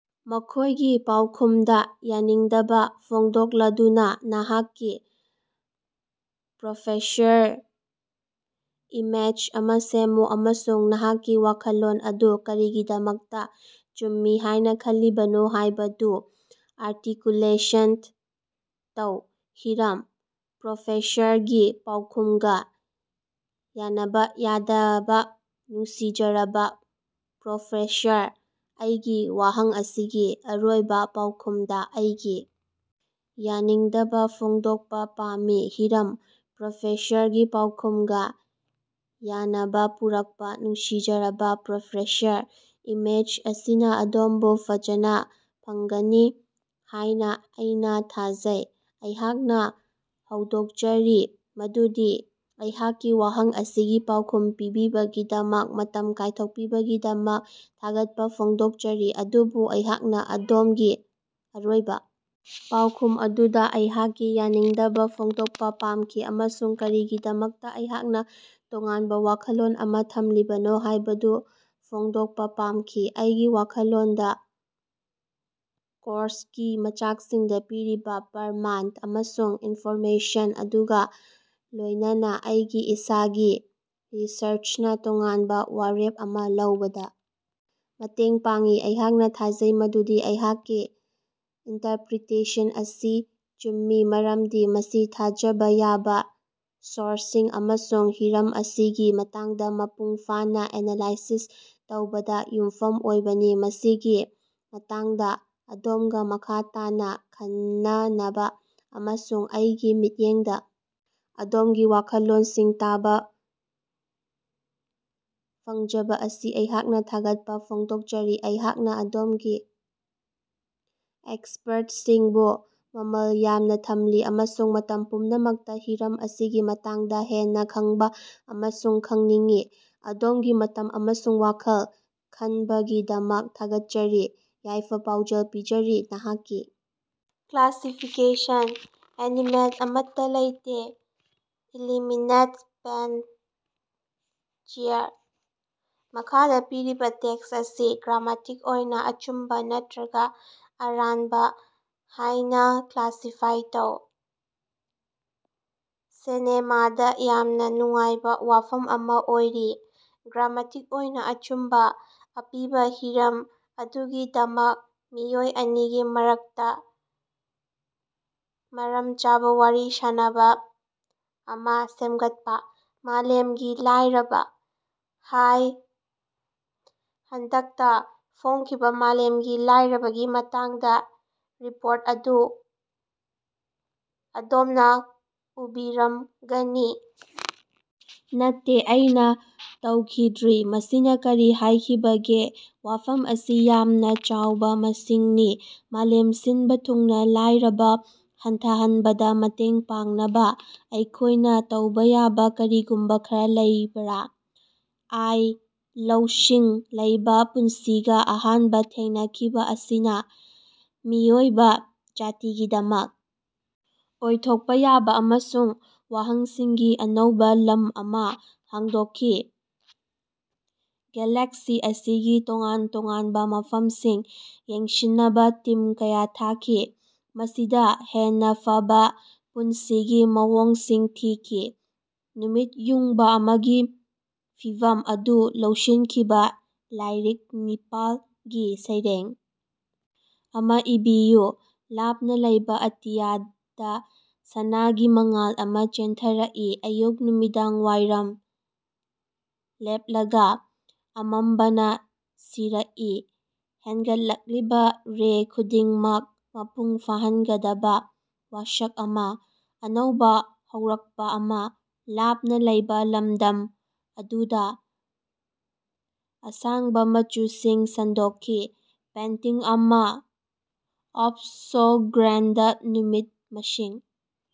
ꯃꯈꯣꯏꯒꯤ ꯄꯥꯎꯈꯨꯝꯗ ꯌꯥꯅꯤꯡꯗꯕ ꯐꯣꯡꯗꯣꯛꯂꯗꯨꯅꯥ ꯅꯍꯥꯛꯀꯤ ꯄ꯭ꯔꯣꯐꯦꯁꯔꯗ ꯏꯃꯦꯁ ꯑꯃ ꯁꯦꯝꯃꯨ ꯑꯃꯁꯨꯡ ꯅꯍꯥꯛꯀꯤ ꯋꯥꯈꯜꯂꯣꯟ ꯑꯗꯨ ꯀꯔꯤꯒꯤꯗꯃꯛꯇꯥ ꯆꯨꯝꯃꯤ ꯍꯥꯏꯅ ꯈꯜꯂꯤꯕꯅꯣ ꯍꯥꯏꯕꯗꯨ ꯑꯥꯔꯇꯤꯀꯨꯂꯦꯁꯟ ꯇꯧ꯫ ꯍꯤꯔꯝ: ꯄ꯭ꯔꯣꯐꯦꯁꯔꯒꯤ ꯄꯥꯎꯈꯨꯝꯒ ꯌꯥꯅꯕ ꯌꯥꯗꯕ ꯅꯨꯡꯁꯤꯖꯔꯕꯥ ꯄ꯭ꯔꯣꯐꯦꯁꯔ, ꯑꯩꯒꯤ ꯋꯥꯍꯪ ꯑꯁꯤꯒꯤ ꯑꯔꯣꯏꯕꯥ ꯄꯥꯎꯈꯨꯝꯗ ꯑꯩꯒꯤ ꯌꯥꯅꯤꯡꯗꯕꯥ ꯐꯣꯡꯗꯣꯛꯄ ꯄꯥꯝꯃꯤ꯫ ꯍꯤꯔꯝ: ꯄ꯭ꯔꯣꯐꯦꯁꯔꯒꯤ ꯄꯥꯎꯈꯨꯝꯒ ꯌꯥꯅꯕ ꯄꯨꯔꯛꯄꯥ ꯅꯨꯡꯁꯤꯖꯔꯕꯥ ꯄ꯭ꯔꯣꯐꯦꯁꯔ, ꯏꯃꯦꯁ ꯑꯁꯤꯅ ꯑꯗꯣꯝꯕꯨ ꯐꯖꯅꯥ ꯐꯪꯒꯅꯤ ꯍꯥꯏꯅ ꯑꯩꯅꯥꯊꯥꯖꯩ꯫ ꯑꯩꯍꯥꯛꯅ ꯍꯧꯗꯣꯛꯆꯔꯤ ꯃꯗꯨꯗꯤ ꯑꯩꯍꯥꯛꯀꯤ ꯋꯥꯍꯪ ꯑꯁꯤꯒꯤ ꯄꯥꯎꯈꯨꯝ ꯄꯤꯕꯤꯕꯒꯤꯗꯃꯛ ꯃꯇꯝ ꯀꯥꯏꯊꯣꯛꯄꯤꯕꯒꯤꯗꯃꯛ ꯊꯥꯒꯠꯄꯥ ꯐꯣꯡꯗꯣꯛꯆꯔꯤ꯫ ꯑꯗꯨꯕꯨ ꯑꯩꯍꯥꯛꯅ ꯑꯗꯣꯝꯒꯤ ꯑꯔꯣꯏꯕꯥ ꯄꯥꯎꯈꯨꯝ ꯑꯗꯨꯗꯥ ꯑꯩꯍꯥꯛꯀꯤ ꯌꯥꯅꯤꯡꯗꯕꯥ ꯐꯣꯡꯗꯣꯛꯄꯥ ꯄꯥꯝꯈꯤ ꯑꯃꯁꯨꯡ ꯀꯔꯤꯒꯤꯗꯃꯛꯇꯥ ꯑꯩꯍꯥꯛꯅ ꯇꯣꯉꯥꯟꯕ ꯋꯥꯈꯜꯂꯣꯟ ꯑꯃ ꯊꯝꯂꯤꯕꯅꯣ ꯍꯥꯏꯕꯗꯨ ꯐꯣꯡꯗꯣꯛꯄ ꯄꯥꯝꯈꯤ꯫ ꯑꯩꯒꯤ ꯋꯥꯈꯜꯂꯣꯟꯗ ꯀꯣꯔꯁꯀꯤ ꯃꯆꯥꯛꯁꯤꯡꯗ ꯄꯤꯔꯤꯕ ꯄ꯭ꯔꯃꯥꯟ ꯑꯃꯁꯨꯡ ꯏꯟꯐꯣꯔꯃꯦꯁꯟ ꯑꯗꯨꯒ ꯂꯣꯏꯅꯅꯥ ꯑꯩꯒꯤ ꯏꯁꯥꯒꯤ ꯔꯤꯁꯔꯆꯅꯥ ꯇꯣꯉꯥꯟꯕ ꯋꯥꯔꯦꯞ ꯑꯃ ꯂꯧꯕꯗ ꯃꯇꯦꯡ ꯄꯥꯡꯏ꯫ ꯑꯩꯍꯥꯛꯅ ꯊꯥꯖꯩ ꯃꯗꯨꯗꯤ ꯑꯩꯍꯥꯛꯀꯤ ꯏꯟꯇꯔꯄꯔꯤꯇꯦꯁꯟ ꯑꯁꯤ ꯆꯨꯝꯃꯤ ꯃꯔꯝꯗꯤ ꯃꯁꯤ ꯊꯥꯖꯕ ꯌꯥꯕ ꯁꯣꯔꯁꯁꯤꯡ ꯑꯃꯁꯨꯡ ꯍꯤꯔꯝ ꯑꯁꯤꯒꯤ ꯃꯇꯥꯡꯗ ꯃꯄꯨꯡ ꯐꯥꯅꯥ ꯑꯦꯅꯥꯂꯥꯏꯁꯤꯁ ꯇꯧꯕꯗ ꯌꯨꯝꯐꯝ ꯑꯣꯏꯕꯅꯤ꯫ ꯃꯁꯤꯒꯤ ꯃꯇꯥꯡꯗ ꯑꯗꯣꯝꯒꯥ ꯃꯈꯥ ꯇꯥꯅ ꯈꯟꯅꯅꯕꯥ ꯑꯃꯁꯨꯡ ꯑꯩꯒꯤ ꯃꯤꯠꯌꯦꯡꯗꯥ ꯑꯗꯣꯝꯒꯤ ꯋꯥꯈꯜꯂꯣꯟꯁꯤꯡ ꯇꯥꯕ ꯐꯪꯖꯕꯥ ꯑꯁꯤ ꯑꯩꯍꯥꯛꯅ ꯊꯥꯒꯠꯄ ꯐꯣꯡꯗꯣꯛꯆꯔꯤ꯫ ꯑꯩꯍꯥꯛꯅ ꯑꯗꯣꯝꯒꯤ ꯑꯦꯛꯁꯄꯔꯇꯁꯤꯡꯕꯨ ꯃꯝꯜ ꯌꯥꯝꯅ ꯊꯝꯂꯤ ꯑꯃꯁꯨꯡ ꯃꯇꯝ ꯄꯨꯝꯅꯃꯛꯇꯥ ꯍꯤꯔꯝ ꯑꯁꯤꯒꯤ ꯃꯇꯥꯡꯗ ꯍꯦꯟꯅꯥ ꯈꯪꯕ ꯑꯃꯁꯨꯡ ꯈꯪꯅꯤꯡꯏ꯫ ꯑꯗꯣꯝꯒꯤ ꯃꯇꯝ ꯑꯃꯁꯨꯡ ꯋꯥꯈꯜ ꯈꯟꯕꯒꯤꯗꯃꯛ ꯊꯥꯒꯠꯆꯔꯤ꯫ ꯌꯥꯏꯐ-ꯄꯥꯎꯖꯦꯜ ꯄꯤꯖꯔꯤ, ꯅꯍꯥꯛꯀꯤ ꯀ꯭ꯂꯥꯁꯤꯐꯤꯀꯦꯁꯟ: ꯑꯦꯅꯤꯃꯦꯠ: ꯑꯃꯠꯇꯥ ꯂꯩꯇꯦ ꯏꯂꯤꯃꯤꯅꯤꯃꯦꯠ: ꯄꯦꯟ, ꯆꯦꯌꯥꯔ꯫ ꯃꯈꯥꯗ ꯄꯤꯔꯤꯕ ꯇꯦꯛꯁ ꯑꯁꯤ ꯒ꯭ꯔꯥꯃꯦꯇꯤꯛ ꯑꯣꯏꯅ ꯑꯆꯨꯝꯕ ꯅꯠꯇꯔꯒ ꯑꯔꯥꯟꯕ ꯍꯥꯏꯅ ꯀ꯭ꯂꯥꯁꯤꯐꯥꯏ ꯇꯧ꯫ ꯁꯤꯅꯦꯃꯥꯗ ꯌꯥꯝꯅ ꯅꯨꯡꯉꯥꯏꯕ ꯋꯥꯐꯝ ꯑꯃ ꯑꯣꯏꯈꯤ꯫ ꯒ꯭ꯔꯥꯃꯦꯇꯤꯛ ꯑꯣꯏꯅ ꯑꯆꯨꯝꯕ) ꯑꯄꯤꯕ ꯍꯤꯔꯝ ꯑꯗꯨꯒꯤꯗꯃꯛ ꯃꯤꯑꯣꯏ ꯑꯅꯤꯒꯤ ꯃꯔꯛꯇ ꯃꯔꯝ ꯆꯥꯕ ꯋꯥꯔꯤ ꯁꯥꯅꯕ ꯑꯃ ꯁꯦꯝꯒꯠꯄ꯫ ꯃꯥꯂꯦꯝꯒꯤ ꯂꯥꯏꯔꯕ꯫ ꯍꯥꯏ, ꯍꯟꯗꯛꯇ ꯐꯣꯡꯈꯤꯕ ꯃꯥꯂꯦꯝꯒꯤ ꯂꯥꯏꯔꯕꯒꯤ ꯃꯇꯥꯡꯗ ꯔꯤꯄꯣꯔꯠ ꯑꯗꯨ ꯑꯗꯣꯝꯅ ꯎꯕꯤꯔꯝꯒꯅꯤ? ꯅꯠꯇꯦ, ꯑꯩꯅ ꯇꯧꯈꯤꯗ꯭ꯔꯤ꯫ ꯃꯁꯤꯅ ꯀꯔꯤ ꯍꯥꯏꯈꯤꯕꯒꯦ? ꯋꯥꯐꯝ ꯑꯁꯤ ꯌꯥꯝꯅ ꯆꯥꯎꯕ ꯃꯁꯤꯡꯅꯤ꯫ ꯃꯥꯂꯦꯝ ꯁꯤꯟꯕꯥ ꯊꯨꯡꯅꯥ ꯂꯥꯏꯔꯕ ꯍꯟꯊꯍꯟꯕꯗ ꯃꯇꯦꯡ ꯄꯥꯡꯅꯕ ꯑꯩꯈꯣꯌꯅ ꯇꯧꯕ ꯌꯥꯕ ꯀꯔꯤꯒꯨꯝꯕ ꯈꯔꯥ ꯂꯩꯕꯔꯥ? ꯑꯥꯏ. ꯂꯧꯁꯤꯡ ꯂꯩꯕ ꯄꯨꯟꯁꯤꯒ ꯑꯍꯥꯟꯕ ꯊꯦꯡꯅꯈꯤꯕ ꯑꯁꯤꯅ ꯃꯤꯑꯣꯏꯕ ꯖꯥꯇꯤꯒꯤꯗꯃꯛ ꯑꯣꯏꯊꯣꯛꯄ ꯌꯥꯕ ꯑꯃꯁꯨꯡ ꯋꯥꯍꯪꯁꯤꯡꯒꯤ ꯑꯅꯧꯕ ꯂꯝ ꯑꯃ ꯍꯥꯡꯗꯣꯛꯈꯤ꯫ ꯒꯦꯂꯦꯛꯁꯤ ꯑꯁꯤꯒꯤ ꯇꯣꯉꯥꯟ ꯇꯣꯉꯥꯟꯕ ꯃꯐꯝꯁꯤꯡ ꯌꯦꯡꯁꯤꯟꯅꯕ ꯇꯤꯝ ꯀꯌꯥ ꯊꯥꯈꯤ, ꯃꯁꯤꯗ ꯍꯦꯟꯅ ꯐꯕꯥ ꯄꯨꯟꯁꯤꯒꯤ ꯃꯑꯣꯡꯁꯤꯡ ꯊꯤꯈꯤ꯫ ꯅꯨꯃꯤꯠ ꯌꯨꯡꯕꯥ ꯑꯃꯒꯤ ꯐꯤꯚꯝ ꯑꯗꯨ ꯂꯧꯁꯤꯟꯈꯤꯕ ꯂꯥꯏꯔꯤꯛ ꯅꯤꯄꯥꯜ ꯒꯤ ꯁꯩꯔꯦꯡ ꯑꯃ ꯏꯕꯤꯌꯨ꯫ ꯂꯥꯞꯅ ꯂꯩꯕ ꯑꯇꯤꯌꯥꯗ ꯁꯅꯥꯒꯤ ꯃꯉꯥꯜ ꯑꯃ ꯆꯦꯟꯊꯔꯛꯏ, ꯑꯌꯨꯛ ꯅꯨꯃꯤꯗꯥꯡꯋꯥꯏꯔꯝ ꯂꯦꯞꯂꯒ ꯑꯃꯝꯕꯅꯥ ꯁꯤꯔꯛꯏ꯫ ꯍꯦꯒꯠꯂꯛꯂꯤꯕ ꯔꯦ ꯈꯨꯗꯤꯡꯃꯛ, ꯃꯄꯨꯡ ꯐꯥꯍꯟꯒꯗꯕ ꯋꯥꯁꯛ ꯑꯃ, ꯑꯅꯧꯕ ꯍꯧꯔꯛꯄꯥ ꯑꯃ, ꯂꯥꯞꯅ ꯂꯩꯕ ꯂꯃꯗꯝ ꯑꯗꯨꯗ꯫ ꯑꯁꯥꯡꯕ ꯃꯆꯨꯁꯤꯡ ꯁꯟꯗꯣꯛꯈꯤ, ꯄꯦꯟꯇꯤꯡ ꯑꯃ ꯑꯣꯐ ꯁꯣ ꯒ꯭ꯔꯦꯟꯗ, ꯅꯨꯃꯤꯠ, ꯃꯁꯤ꯫